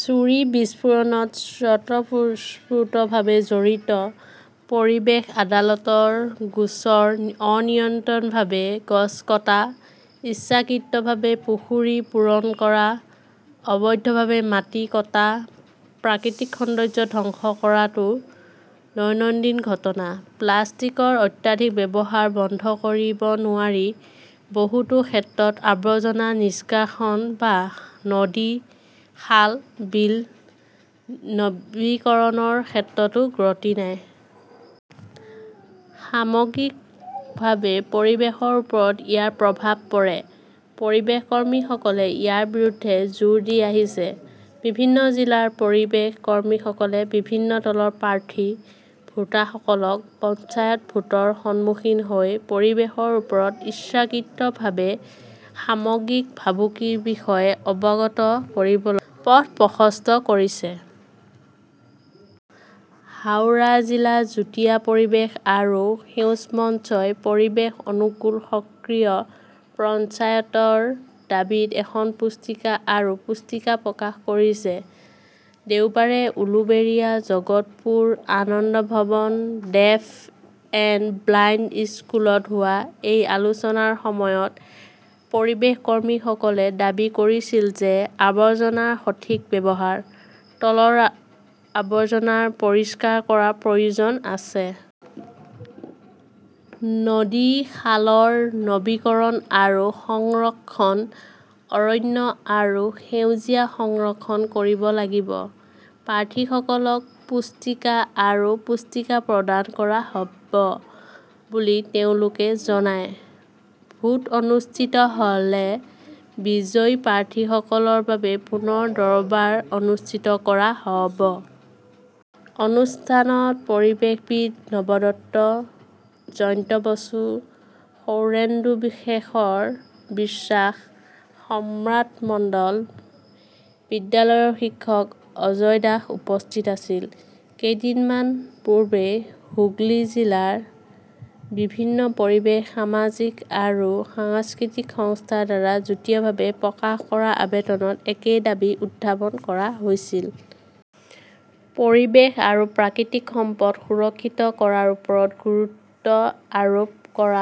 ছুৰী বিস্ফোৰণত স্বতঃস্ফূৰ্তভাৱে জড়িত পৰিৱেশ আদালতৰ গোচৰ অনিয়ন্ত্ৰিতভাৱে গছ কটা, ইচ্ছাকৃতভাৱে পুখুৰী পূৰণ কৰা, অবৈধভাৱে মাটি কটা-প্ৰাকৃতিক সম্পদ ধ্বংস কৰাটো দৈনন্দিন ঘটনা। প্লাষ্টিকৰ অত্যাধিক ব্যৱহাৰ বন্ধ কৰিব নোৱাৰি। বহুতো ক্ষেত্ৰত আৱৰ্জনা নিষ্কাশন বা নদী-খাল-বিল নৱীকৰণৰ ক্ষেত্ৰতো গতি নাই। সামগ্ৰিকভাৱে পৰিৱেশৰ ওপৰত ইয়াৰ প্ৰভাৱ পৰে। পৰিৱেশ কৰ্মীসকলে ইয়াৰ বিৰুদ্ধে জোৰ দি আহিছে। বিভিন্ন জিলাৰ পৰিৱেশ কৰ্মীসকলে বিভিন্ন দলৰ প্ৰাৰ্থী, ভোটাৰসকলক পঞ্চায়ত ভোটৰ সন্মুখীন হৈ পৰিৱেশৰ ওপৰত ইচ্ছাকৃতভাৱে সামগ্ৰিক ভাবুকিৰ বিষয়ে অৱগত কৰিবলৈ পথ প্ৰশস্ত কৰিছে। হাওৰা জিলা যুটীয়া পৰিৱেশ আৰু সেউজ মঞ্চই 'পৰিৱেশ অনুকূল সক্ৰিয় পঞ্চায়ত "ৰ দাবীত এখন পুস্তিকা আৰু পুস্তিকা প্ৰকাশ কৰিছে। দেওবাৰে উলুবেৰিয়াৰ Jagatpur Ananda Bhavan deaf and blind স্কুলত হোৱা এই আলোচনাৰ সময়ত পৰিৱেশ কৰ্মীসকলে দাবী কৰিছিল যে আৱৰ্জনাৰ সঠিক ব্যৱহাৰ, তৰল আৱৰ্জনা পৰিষ্কাৰ কৰাৰ প্ৰয়োজন আছে। নদী-খালৰ নৱীকৰণ আৰু সংৰক্ষণ, অৰণ্য আৰু সেউজীয়া সংৰক্ষণ কৰিব লাগিব। প্ৰাৰ্থীসকলক পুস্তিকা আৰু পুস্তিকা প্ৰদান কৰা হ "ব বুলি তেওঁলোকে জনায়। ভোট অনুষ্ঠিত হ "লে বিজয়ী প্ৰাৰ্থীসকলৰ বাবে পুনৰ দৰবাৰ অনুষ্ঠিত কৰা হ" ব। অনুষ্ঠানত পৰিৱেশবিদ নৱদত্ত, জয়ন্ত বসু, সৌৰেন্দুশেখৰ বিশ্বাস, সম্ৰাট মণ্ডল, বিদ্যালয়ৰ শিক্ষক অজয় দাস উপস্থিত আছিল। কেইদিনমান পূৰ্বে হুগলী জিলাৰ বিভিন্ন পৰিৱেশ, সামাজিক আৰু সাংস্কৃতিক সংস্থাৰ দ্বাৰা যুটীয়াভাৱে প্ৰকাশ কৰা আবেদনত একে দাবী উত্থাপন কৰা হৈছিল। পৰিৱেশ আৰু প্ৰাকৃতিক সম্পদ সুৰক্ষিত কৰাৰ ওপৰত গুৰুত্ব আৰোপ কৰা,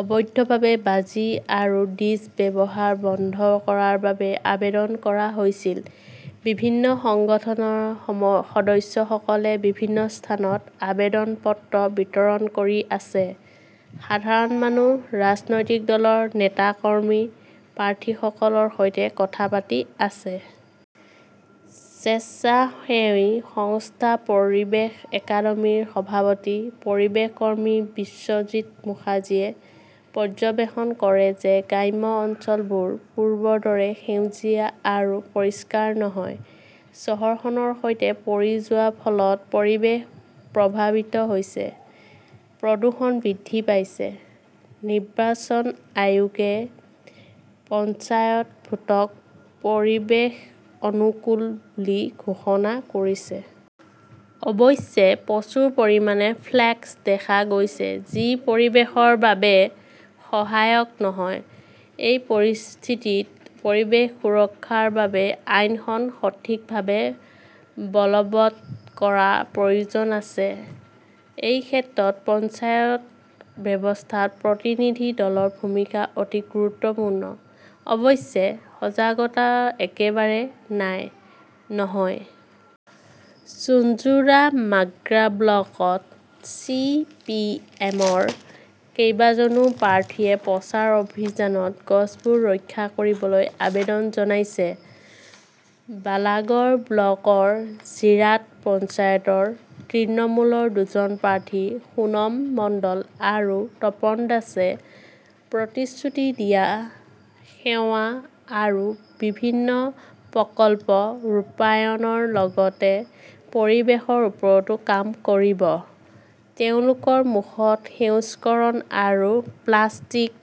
অবৈধভাৱে বাজি আৰু ডিজ ব্যৱহাৰ বন্ধ কৰাৰ বাবে আবেদন কৰা হৈছিল। বিভিন্ন সংগঠনৰ সদস্যসকলে বিভিন্ন স্থানত আবেদন পত্ৰ বিতৰণ কৰি আছে। সাধাৰণ মানুহ, ৰাজনৈতিক দলৰ নেতা-কৰ্মী, প্ৰাৰ্থীসকলৰ সৈতে কথা পাতি আছে। স্বেচ্ছাসেৱী সংস্থা পৰিৱেশ একাডেমীৰ সভাপতি, পৰিৱেশ কৰ্মী বিশ্বজিত মুখাৰ্জীয়ে পৰ্যবেক্ষণ কৰে যে গ্ৰাম্য অঞ্চলবোৰ পূৰ্বৰ দৰে সেউজীয়া আৰু পৰিষ্কাৰ নহয়। চহৰখনৰ সৈতে পৰি যোৱাৰ ফলত পৰিৱেশ 'প্ৰভাৱিত "হৈছে। প্ৰদূষণ বৃদ্ধি পাইছে। নিৰ্বাচন আয়োগে পঞ্চায়ত ভোটক 'পৰিৱেশ অনুকূল "বুলি ঘোষণা কৰিছে। অৱশ্যে, প্ৰচুৰ পৰিমাণে ফ্লেক্স দেখা গৈছে, যি পৰিৱেশৰ বাবে সহায়ক নহয়। এই পৰিস্থিতিত, পৰিৱেশ সুৰক্ষাৰ বাবে আইনখন সঠিকভাৱে বলৱৎ কৰাৰ প্ৰয়োজন আছে। এই ক্ষেত্ৰত পঞ্চায়ত ব্যৱস্থাত প্ৰতিনিধি দলৰ ভূমিকা অতি গুৰুত্বপূৰ্ণ। অৱশ্যে, সজাগতা একেবাৰে নাই, নহয়। চুঞ্চুৰা-মাগ্ৰা ব্লকত চি. পি. এম. -ৰ কেইবাজনো প্ৰাৰ্থীয়ে প্ৰচাৰ অভিযানত গছবোৰ ৰক্ষা কৰিবলৈ আবেদন জনাইছে। বালাগড় ব্লকৰ জিৰাট পঞ্চায়তৰ তৃণমূলৰ দুজন প্ৰাৰ্থী সুমন মণ্ডল আৰু তপন দাসে প্ৰতিশ্ৰুতি দিয়া সেৱা আৰু বিভিন্ন প্ৰকল্প ৰূপায়ণৰ লগতে পৰিৱেশৰ ওপৰতো কাম কৰিব। তেওঁলোকৰ মুখত সেউজকৰণ আৰু প্লাষ্টিক